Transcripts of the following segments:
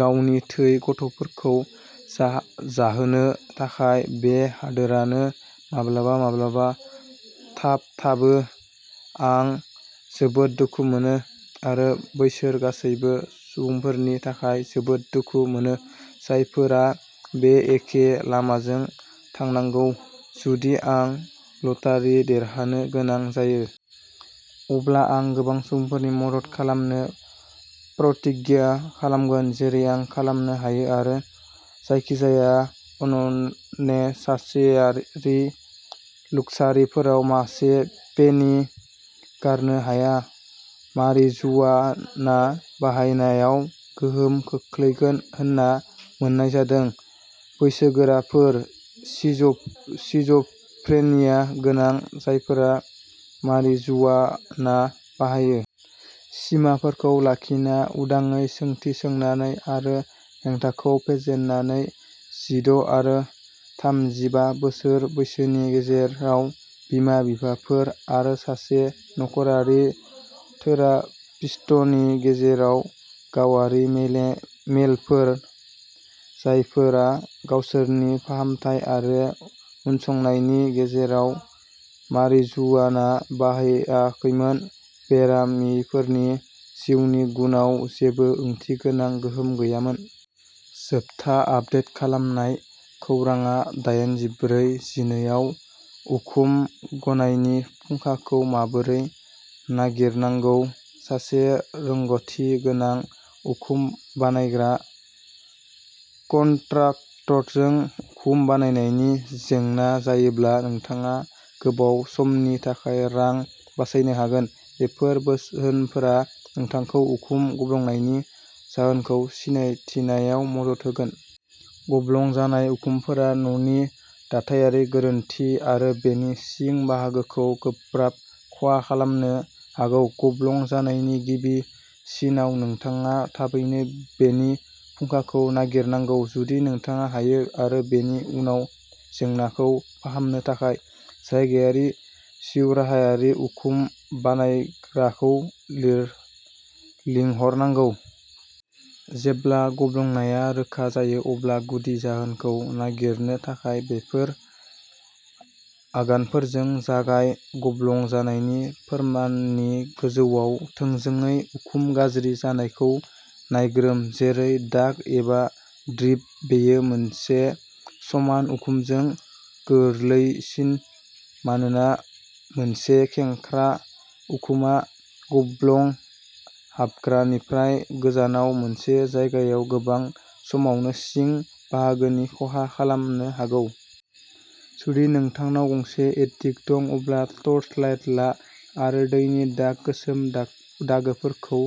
गावनि थै गथ'फोरखौ जाहोनो थाखाय। बे हादोरानो माब्लाबा माब्लाबा थाबथाबो। आं जोबोद दुखु मोनो आरो बैसोर गासैबो सुबुंफोरनि थाखाय जोबोद दुखु मोनो। जायफोरा बे एखे लामाजों थांनांगौ। जुदि आं लटारि देरहानो गोनां जायो। अब्ला आं गोबां सुबुंफोरनि मदद खालामनो प्रतिग्या खालामगोन। जेरै आं खालामनो हायो आरो जायखिजाया आननेसासेरि लुक्सारिफोराव मासे पेनि गारनो हाया। मारिजुआना बाहायनायाव गोहोम खोख्लैगोन होनना मोननाय जादों। बैसोगोराफोर सिज'फ्रेनिया गोनां जायफोरा मारिजुआना बाहायो। सिमाफोरखौ लाखिना उदाङै सोंथि सोंनानै आरो हेंथाखौ फेजेननानै। जिद’ आरो थामजिबा बोसोर बैसोनि गेजेराव। बिमा-बिफाफोर आरो सासे नख'रारि थेरापिस्टनि गेजेराव गावारि मेलफोर। जायफोरा गावसोरनि फाहामथाय आरो उनसंनायनि गेजेराव मारिजुआना बाहायाखैमोन। बेरामिफोरनि जिउनि गुनआव जेबो ओंथिगोनां गोहोम गैयामोन। जोबथा आपडेट खालामनाय खौरांआ दाइन जिब्रै जिनै आव। उखुम गनायनि फुंखाखौ माबोरै नागिरनांगौ। सासे रोंग'थि गोनां उखुम बानायग्रा कन्ट्राक्टरजों उखुम बानायनायनि जेंना जायोब्ला नोंथाङा गोबाव समनि थाखाय रां बासायनो हागोन। बेफोर बोसोनफोरा नोंथांखौ उखुम गब्लंनायनि जाहोनखौ सिनायथिनायाव मदद होगोन। गब्लं जानाय उखुमफोरा न'नि दाथायारि गोरोनथि आरो बेनि सिं बाहागोखौ गोब्राब खहा खालामनो हागौ। गब्लं जानायनि गिबि सिनआव नोंथाङा थाबैनो बेनि फुंखाखौ नागिरनांगौ जुदि नोंथाङा हायो आरो बेनि उनाव जेंनाखौ फाहामनो थाखाय जायगायारि जिउराहायारि उखुम बानायग्राखौ लिंहरनांगौ। जेब्ला गब्लंनाया रोखा जायो अब्ला गुदि जाहोनखौ नागिरनो थाखाय बेफोर आगानफोरजों जागाय। गब्लं जानायनि फोरमाननि गोजौआव थोंजोङै उखुम गाज्रि जानायखौ नायग्रोम। जेरै दाग एबा ड्रिप। बेयो मोनसे समान उखुमजों गोरलैसिन। मानोना मोनसे खेंख्रा उखुमआ गब्लं हाबग्रानिफ्राय गोजानाव मोनसे जायगायाव गोबां समावनो सिं बाहागोनि खहा खालामनो हागौ। जुदि नोंथांनाव गंसे एटिक दं अब्ला टर्चलाइट ला आरो दैनि दाग गोसोम दागोफोरखौ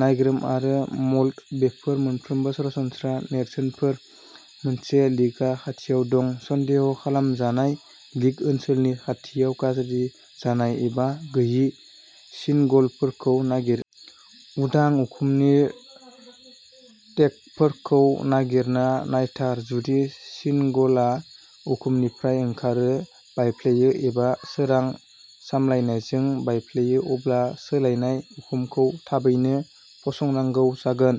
नायग्रोम। आरो मल्ड। बेफोर मोनफ्रोमबो सरासनस्रा नेरसोनफोर मोनसे लिकआ खाथियाव दं। सन्देह खालामजानाय लिक ओनसोलनि खाथियाव गाज्रि जानाय एबा गोयि सिनगलफोरखौ नागिर। उदां उखुमनि टेकफोरखौ नागिरना नायथार। जुदि शिनगलआ उखुमनिफ्राय ओंखारो बायफ्लेयो एबा सोरां सामलायनायजों बायफ्लेयो अब्ला सोलायनाय उखुमखौ थाबैनो फसंनांगौ जागोन।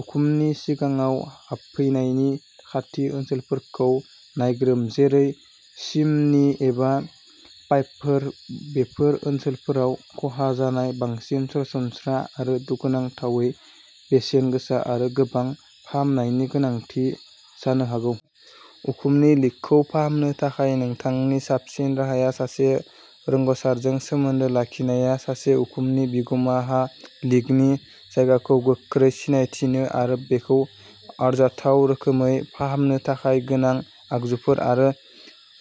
उखुमनि सिगाङाव हाबफैनायनि खाथि ओनसोलफोरखौ नायग्रोम। जेरै चिमनि एबा पाइपफोर। बेफोर ओनसोलफोराव खहा जानाया बांसिन सरासनस्रा आरो दुखुनांथावै बेसेन गोसा आरो गोबां फाहामनायनि गोनांथि जानो हागौ। उखुमनि लिकखौ फाहामनो थाखाय नोंथांनि साबसिन राहाया सासे रोंग'सारजों सोमोन्दो लाखिनाया। सासे उखुमनि बिगुमाहा लिकनि जायगाखौ गोख्रै सिनायथिनो आरो बेखौ आरजाथाव रोखोमै फाहामनो थाखाय गोनां आगजुफोर आरो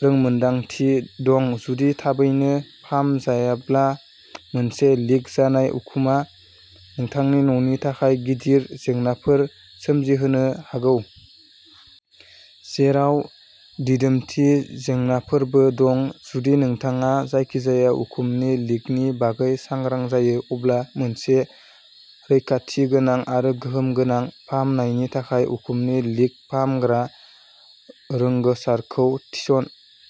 रोंमोनदांथि दं। जुदि थाबैनो फाहामजायाब्ला मोनसे लिक जानाय उखुमआ नोंथांनि न'नि थाखाय गिदिर जेंनाफोर सोमजिहोनो हागौ। जेराव दिदोमथि जेंनाफोरबो दं। जुदि नोंथाङा जायखिजाया उखुमनि लिकनि बागै सांग्रां जायो। अब्ला मोनसे रैखाथिगोनां आरो गोहोम गोनां फाहामनायनि थाखाय उखुमनि लिक फाहामग्रा रोंग'सारखौ थिसन।